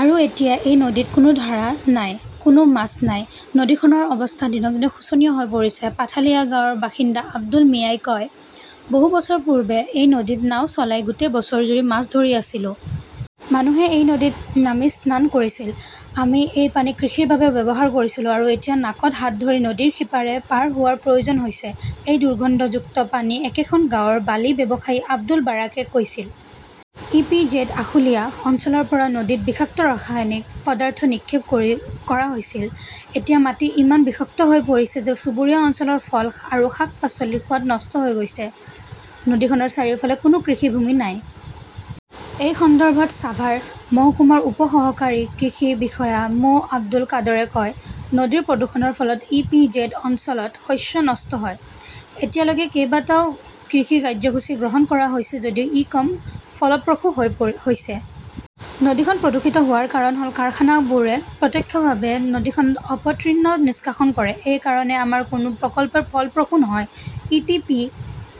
আৰু এতিয়া এই নদীত কোনো ধাৰা নাই, কোনো মাছ নাই। "নদীখনৰ অৱস্থা দিনক দিনে শোচনীয় হৈ পৰিছে", পাথালিয়া গাঁৱৰ বাসিন্দা আব্দুল মিয়াই কয়। "বহু বছৰ পূৰ্বে এই নদীত নাও চলাই গোটেই বছৰজুৰি মাছ ধৰি আছিলো। মানুহে এই নদীত নামি স্নান কৰিছিল। আমি এই পানী কৃষিৰ বাবেও ব্যৱহাৰ কৰিছিলো আৰু এতিয়া নাকত হাত ধৰি নদীৰ সিপাৰে পাৰ হোৱাৰ প্ৰয়োজন হৈছে, এই দুৰ্গন্ধযুক্ত পানী", একেখন গাঁৱৰ বালি ব্যৱসায়ী আব্দুল বাৰেকে কৈছিল। ই. পি. জেড. আশুলিয়া অঞ্চলৰ পৰা নদীত বিষাক্ত ৰাসায়নিক পদাৰ্থ নিক্ষেপ কৰা হৈছিল। এতিয়া মাটি ইমান বিষাক্ত হৈ পৰিছে যে চুবুৰীয়া অঞ্চলৰ ফল আৰু শাক-পাচলিৰ সোৱাদ নষ্ট হৈ গৈছে। নদীখনৰ চাৰিওফালে কোনো কৃষিভূমি নাই। এই সন্দৰ্ভত ছাভাৰ মহকুমাৰ উপ সহকাৰী কৃষি বিষয়া মো. আব্দুল কাদৰে কয়- "নদীৰ প্ৰদূষণৰ ফলত ই. পি. জেড. অঞ্চলত শস্য নষ্ট হয়, এতিয়ালৈকে কেইবাটাও কৃষি কাৰ্যসূচী গ্ৰহণ কৰা হৈছে যদিও ই কম ফলপ্ৰসূ হৈছে। নদীখন প্ৰদূষিত হোৱাৰ কাৰণ হ'ল কাৰখানাবোৰে প্ৰত্যক্ষভাৱে নদীখনত অপতৃণ নিষ্কাশন কৰে। এই কাৰণেই আমাৰ কোনো প্ৰকল্পই ফলপ্ৰসূ নহয়"। ই. টি. পি.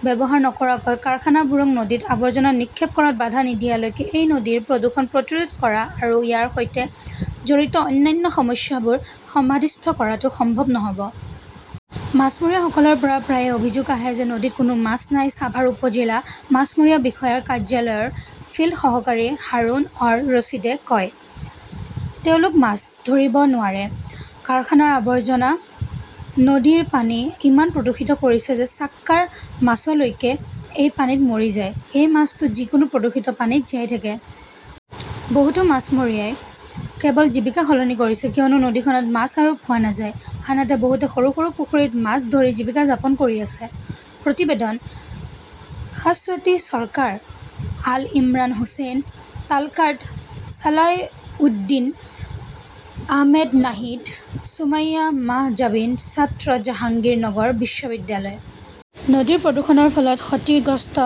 ব্যৱহাৰ নকৰাকৈ কাৰখানাবোৰক নদীত আৱৰ্জনা নিক্ষেপ কৰাত বাধা নিদিয়ালৈকে এই নদীৰ প্ৰদূষণ প্ৰতিৰোধ কৰা আৰু ইয়াৰ সৈতে জড়িত অন্যান্য সমস্যাবোৰ সমাধিস্থ কৰাটো সম্ভৱ নহ'ব। "মাছমৰীয়াসকলৰ পৰা প্ৰায়ে অভিযোগ আহে যে নদীত কোনো মাছ নাই", ছাভাৰ উপ-জিলা মাছমৰীয়া বিষয়াৰ কাৰ্যালয়ৰ ফিল্ড সহকাৰী হাৰুন অৰ ৰছিদে কয়। তেওঁলোকে মাছ ধৰিব নোৱাৰে। কাৰখানাৰ আৱৰ্জনে নদীৰ পানী ইমান প্ৰদূষিত কৰিছে যে ছাক্কাৰ মাছলৈকে এই পানীত মৰি যায়, এই মাছটো যিকোনো প্ৰদূষিত পানীত জীয়াই থাকে। বহুতো মাছমৰীয়াই কেৱল জীৱিকা সলনি কৰিছে কিয়নো নদীখনত মাছ আৰু পোৱা নাযায়, আনহাতে বহুতে সৰু সৰু পুখুৰীত মাছ ধৰি জীৱিকা যাপন কৰি আছে। প্ৰতিবেদনঃ শাশ্বতী চৰকাৰ, আল ইমৰান হোসেন তালকাৰ্ড, ছালাহউদ্দিন আহমেদ নাহিদ, সুমাইয়া মাহজাবিন, ছাত্ৰ, জাহাংগীৰনগৰ বিশ্ববিদ্যালয়। নদীৰ প্ৰদূষণৰ ফলত ক্ষতিগ্ৰস্ত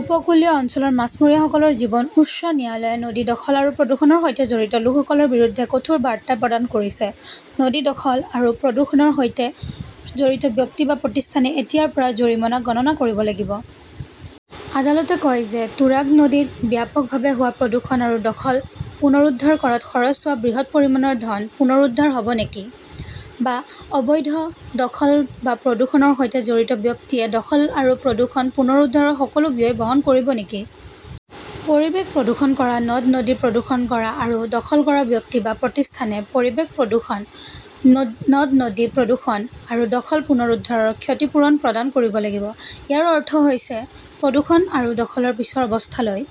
উপকূলীয় অঞ্চলৰ মাছমৰীয়াসকলৰ জীৱন উচ্চ ন্যায়ালয়ে নদী দখল আৰু প্ৰদূষণৰ সৈতে জড়িত লোকসকলৰ বিৰুদ্ধে কঠোৰ বাৰ্তা প্ৰদান কৰিছে। নদী দখল আৰু প্ৰদূষণৰ সৈতে জড়িত ব্যক্তি বা প্ৰতিষ্ঠানে এতিয়াৰ পৰা জৰিমনা গণনা কৰিব লাগিব। আদালতে কয় যে তুৰাগ নদীত ব্যাপকভাৱে হোৱা প্ৰদূষণ আৰু দখল পুনৰুদ্ধাৰ কৰাত খৰচ হোৱা বৃহৎ পৰিমাণৰ ধন পুনৰুদ্ধাৰ হ'ব নেকি? বা অবৈধ দখল বা প্ৰদূষণৰ সৈতে জড়িত ব্যক্তিয়ে দখল আৰু প্ৰদূষণ পুনৰুদ্ধাৰৰ সকলো ব্যয় বহন কৰিব নেকি? পৰিৱেশ প্ৰদূষণ কৰা, নদ-নদী প্ৰদূষণ কৰা আৰু দখল কৰা ব্যক্তি বা প্ৰতিষ্ঠানে পৰিৱেশ প্ৰদূষণ, নদ-নদী প্ৰদূষণ আৰু দখল পুনৰুদ্ধাৰৰ ক্ষতিপূৰণ প্ৰদান কৰিব লাগিব। ইয়াৰ অৰ্থ হৈছে প্ৰদূষণ আৰু দখলৰ পিছৰ অৱস্থালৈ